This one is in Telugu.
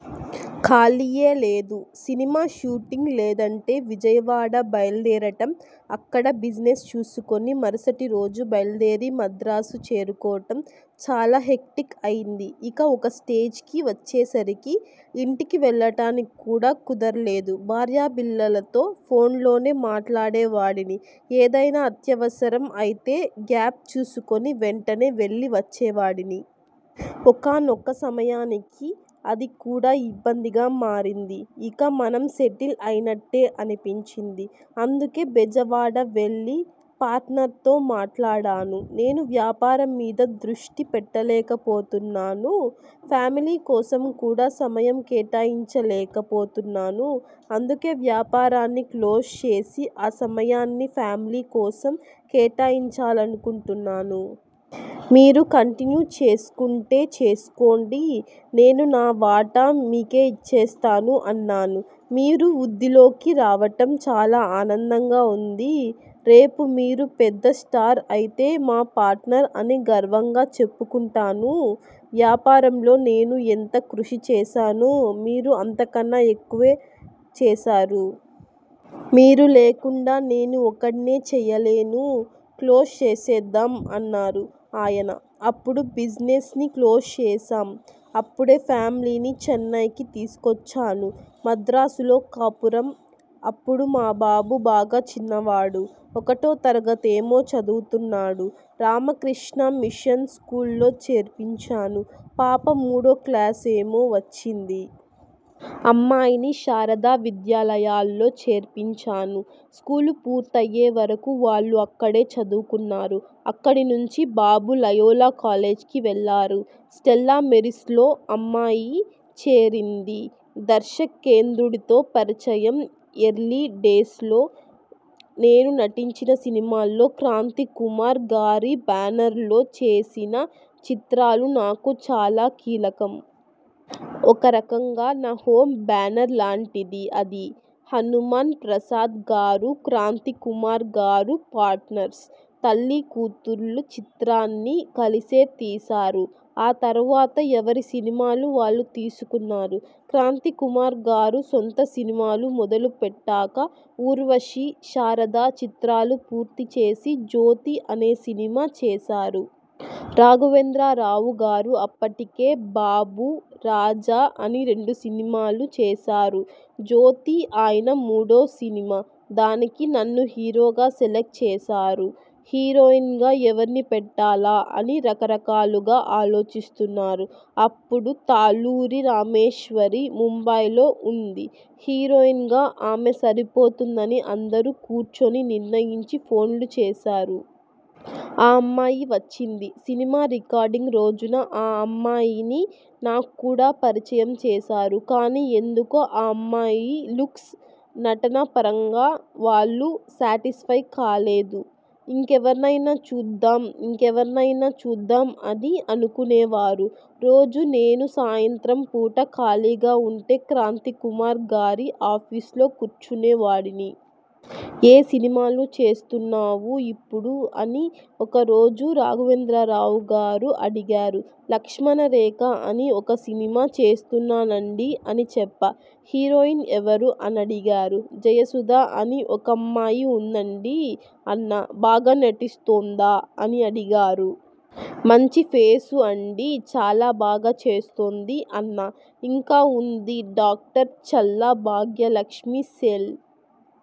ఖాళీయే లేదు. సినిమా షూటింగ్ లేదంటే విజయవాడ బయలుదేరడం, అక్కడ బిజినెస్ చూసుకుని మరుసటిరోజు బయలుదేరి మద్రాసు చేరుకోవడం'. చాలా హెక్టిక్ అయింది ఇక ఒక స్టేజ్కి వచ్చే సరికి ఇంటికి వెళ్లడానికి కూడా కుదరలేదు. భార్యా పిల్లలతో ఫోన్లోనే మాట్లాడే వాడిని. ఏదైనా అత్యవసరం అయితే, గ్యాప్ చూసుకుని వెంటనే వెళ్లి వచ్చేవాడిని. ఒకానొక సమయానికి అది కూడా ఇబ్బందిగా మారింది. ''ఇక మనం సెటిల్ అయినట్టే'' అనిపించింది. అందుకే బెజవాడ వెళ్లి పార్ట్నర్తో మాట్లాడాను. ''నేను వ్యాపారం మీద దృష్టి పెట్టలేకపోతున్నాను. ఫ్యామిలీ కోసం కూడా సమయం కేటాయించలేక పోతున్నాను. అందుకే వ్యాపారాన్ని క్లోజ్ చేసి ఆ సమయాన్ని ఫ్యామిలీ కోసం కేటాయించాలనుకుంటున్నాను. మీరు కంటిన్యూ చేసుకుంటే చేసుకోండి. నేను నా వాటా మీకే ఇచ్చేస్తాను'' అన్నాను. 'మీరు వృద్ధిలోకి రావడం చాలా ఆనందంగా ఉంది. రేపు మీరు పెద్ద స్టార్ అయితే మా పార్ట్నర్ అని గర్వంగా చెప్పుకుంటాను. వ్యాపారంలో నేను ఎంత కృషి చేశానో, మీరు అంతకన్నా ఎక్కువే చేశారు. మీరు లేకుండా నేను ఒక్కడినే చేయలేను, క్లోజ్ చేసేద్దాం''అన్నారు ఆయన. అప్పుడు బిజినెస్ని క్లోజ్ చేశాం. అప్పుడే ఫ్యామిలీని చెన్నైకి తీసుకొచ్చాను. మద్రాసులో కాపురం అప్పుడు మా బాబు బాగా చిన్నవాడు. ఒకటో తరగతేమో చదువుతున్నాడు. రామకృష్ణా మిషన్ స్చూల్లో చేర్పించాను. పాప మూడో క్లాసుకేమో వచ్చింది. అమ్మాయిని శారదా విద్యాలయలో చేర్పించాను. స్కూలు పూర్తయ్యే వరకు వాళ్లు అక్కడే చదువుకున్నారు. అక్కడి నుంచి బాబు లయోలా కాలేజీకి వెళ్లారు. స్టెల్లా మేరీస్లో అమ్మాయి చేరింది. దర్శకేంద్రుడితో పరిచయం ఎర్లీ డేస్లో నేను నటించిన సినిమాల్లో క్రాంతికుమార్ గారి బ్యానర్లో చేసిన చిత్రాలు నాకు చాలా కీలకం. ఒక రకంగా నా హోమ్ బ్యానర్లాంటిది అది. హనుమాన్ ప్రసాద్ గారు, క్రాంతికుమార్ గారు పార్ట్నర్స్. 'తల్లీకూతుళ్లు' చిత్రాన్ని కలిసే తీశారు. ఆ తర్వాత ఎవరి సినిమాలు వాళ్లు తీసుకున్నారు. క్రాంతికుమార్ గారు సొంత సినిమాలు మొదలు పెట్టాక 'ఊర్వశి', 'శారద' చిత్రాలు పూర్తిచేసి, 'జ్యోతి' అనే సినిమా చేశారు. రాఘవేంద్రరావు గారు అప్పటికే 'బాబు', 'రాజా' అని రెండు సినిమాలు చేశారు. 'జ్యోతి' ఆయన మూడో సినిమా. దానికి నన్ను హీరోగా సెలక్ట్ చేశారు. హీరోయిన్గా ఎవరిని పెట్టాలా? అని రకరకాలుగా ఆలోచిస్తున్నారు.. అప్పుడు తాళ్లూరి రామేశ్వరి ముంబైలో ఉంది. హీరోయిన్గా ఆమె సరిపోతుందని అందరూ కూర్చుని నిర్ణయించి ఫోన్లు చేశారు. ఆ అమ్మాయి వచ్చింది. సినిమా రికార్డింగ్ రోజున ఆ అమ్మాయిని నాక్కూడా పరిచయం చేశారు. కానీ ఎందుకో ఆ అమ్మాయి లుక్స్, నటన పరంగా వాళ్లు శాటిస్ఫై కాలేదు. ఇంకెవరినైనా చూద్దాం, ఇంకెవరినైనా చూద్దాం అని అనుకునేవారు. రోజూ నేను సాయంత్రం పూట ఖాళీగా ఉంటే క్రాంతికుమార్ గారి ఆఫీసులో కూర్చునేవాడిని. 'ఏ సినిమాలు చేస్తున్నావు ఇప్పుడు' అని ఒక రోజు రాఘవేంద్రరావు గారు అడిగారు. 'లక్ష్మణ రేఖ' అని ఒక సినిమా చేస్తున్నానండీ'' అని చెప్పా. 'హీరోయిన్ ఎవరు? ' అని అడిగారు. ''జయసుధ అని ఒకమ్మాయి ఉందండీ'' అన్నా. 'బాగా నటిస్తోందా? ' అని అడిగారు. ''మంచి ఫేసు అండీ. చాలా బాగా చేస్తోంది'' అన్నా. ఇంకా ఉంది డాక్టర్ చల్లా భాగ్యలక్ష్మీ సెల్